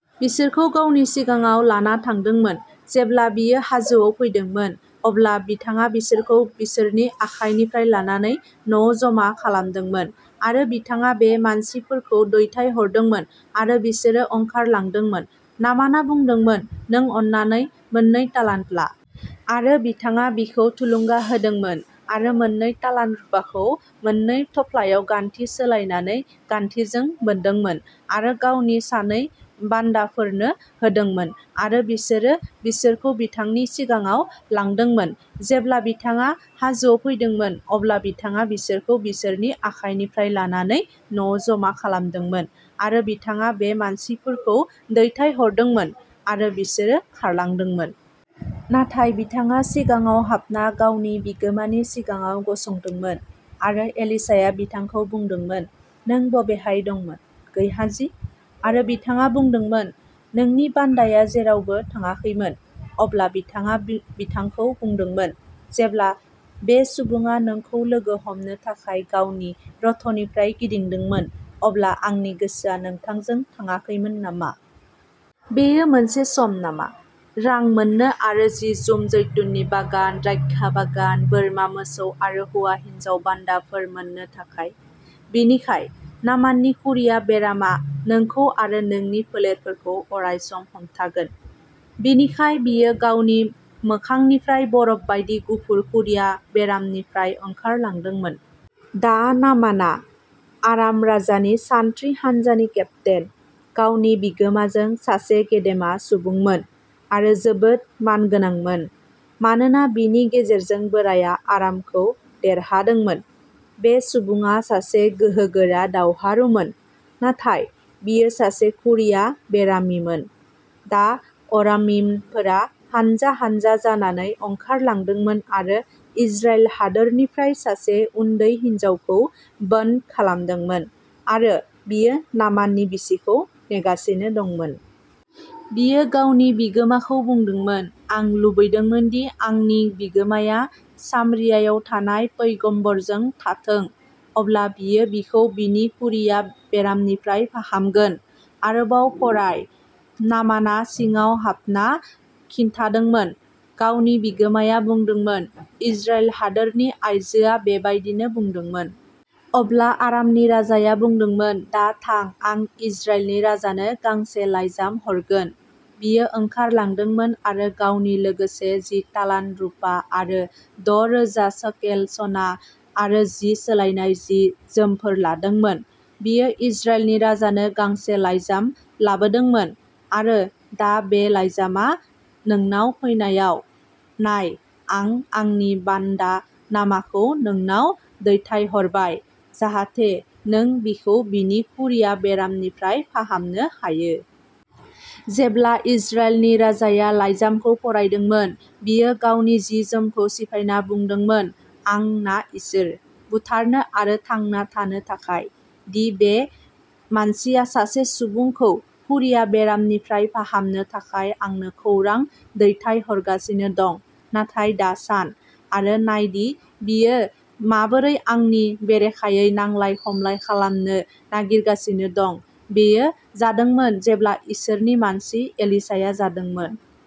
बिसोरखौ गावनि सिगाङाव लाना थांदोंमोन। जेब्ला बियो हाजोआव फैदोंमोन, अब्ला बिथाङा बिसोरखौ बिसोरनि आखाइनिफ्राय लानानै न'आव जमा खालामदोंमोन, आरो बिथाङा बै मानसिफोरखौ दैथायहरदोंमोन, आरो बिसोरो ओंखारलांदोंमोन। नामाना बुंदोंमोन, "नों अननानै मोननै तालन्त ला।" आरो बिथाङा बिखौ थुलुंगा होदोंमोन, आरो मोन्नै तालन्त रुफाखौ मोन्नै थफ्लायाव गान्थि सोलायनानै गान्थिजों बोनदोंमोन आरो गावनि सानै बान्दाफोरनो होदोंमोन आरो बिसोरो बिसोरखौ बिथांनि सिगाङाव लांदोंमोन। जेब्ला बिथाङा हाजोआव फैदोंमोन, अब्ला बिथाङा बिसोरखौ बिसोरनि आखाइनिफ्राय लानानै न'आव जमा खालामदोंमोन, आरो बिथाङा बै मानसिफोरखौ दैथायहरदोंमोन, आरो बिसोरो खारलांदोंमोन। नाथाय बिथाङा सिङाव हाबना गावनि बिगोमानि सिगाङाव गसंदोंमोन। आरो एलिशाया बिथांखौ बुंदोंमोन, "नों बबेहाय दंमोन, गेहाजी?" आरो बिथाङा बुंदोंमोन, "नोंनि बान्दाआ जेरावबो थाङाखैमोन।" अब्ला बिथाङा बिथांखौ बुंदोंमोन, "जेब्ला बै सुबुङा नोंखौ लोगो हमनो थाखाय गावनि रथनिफ्राय गिदिंदोंमोन, अब्ला आंनि गोसोआ नोंथांजों थाङाखैमोन नामा? बेयो मोनसे सम नामा? रां मोन्नो आरो जि जोम, जैतुननि बागान, द्राक्षा बागान, बोरमा मोसौ आरो हौवा हिन्जाव बान्दाफोर मोन्नो थाखाय? "बिनिखाय, नामाननि खुरिया बेरामआ नोंखौ आरो नोंनि फोलेरफोरखौ अरायसम हमथागोन।" बिनिखाय बियो गावनि मोखांनिफ्राय बरफ बायदि गुफुर खुरिया बेरामनिफ्राय ओंखारलांदोंमोन। दा नामाना, आराम राजानि सान्थ्रि हानजानि केप्तेन, गावनि बिगोमाजों सासे गेदेमा सुबुंमोन, आरो जोबोद मानगोनांमोन, मानोना बिनि गेजेरजों बोराया आरामखौ देरहादोंमोन। बे सुबुङा सासे गोहोगोरा दावहारुबोमोन, नाथाय बियो सासे खुरिया बेरामिमोन। दा अरामियानफोरा हान्जा हान्जा जानानै ओंखारलांदोंमोन आरो इजराइल हादोरनिफ्राय सासे उन्दै हिनजावखौ बन्द' खालामदोंमोन; आरो बियो नामाननि बिसिखौ नेगासिनो दंमोन। बियो गावनि बिगोमाखौ बुंदोंमोन, "आं लुबैदों दि आंनि बिगोमाया सामरियायाव थानाय पैगम्बरजों थाथों। अब्ला बियो बिखौ बिनि खुरिया बेरामनिफ्राय फाहामगोन।" आरोबाव फराय। नामानआ सिङाव हाबना खिन्थादोंमोन। गावनि बिगोमाया बुंदोंमोन, "इजराइल हादोरनि आइजोआ बेबायदि बुंदोंमोन।" अब्ला आरामनि राजाया बुंदोंमोन, "दा थां, आं इजराइलनि राजानो गांसे लाइजाम हरगोन।" बियो ओंखारलांदोंमोन आरो गावनि लोगोसे जि तालन्त रुपा आरो द' रोजा शेकेल सना आरो जि सोलायनाय जि जोमफोर लादोंमोन। बियो इजराइलनि राजानो गांसे लाइजाम लाबोदोंमोन, "आरो दा बे लाइजामआ नोंनाव फैनायाव, नाय, आं आंनि बान्दा नामानखौ नोंनाव दैथायहरबाय, जाहाथे नों बिखौ बिनि खुरिया बेरामनिफ्राय फाहामनो हायो।" जेब्ला इजराइलनि राजाया लाइजामखौ फरायदोंमोन, बियो गावनि जि जोमखौ सिफायना बुंदोंमोन, "आंनो ना इसोर, बुथारनो आरो थांना थानो थाखाय, दि बे मानसिया सासे सुबुंखौ खुरिया बेरामनिफ्राय फाहामनो थाखाय आंनो खौरां दैथायहरगासिनो दं? नाथाय दा सान, आरो नायदि बियो माबोरै आंनि बेरेखायै नांलाय खमलाय खालामनो नागिरगासिनो दं।" बेयो जादोंमोन जेब्ला इसोरनि मानसि एलिशाया जादोंमोन।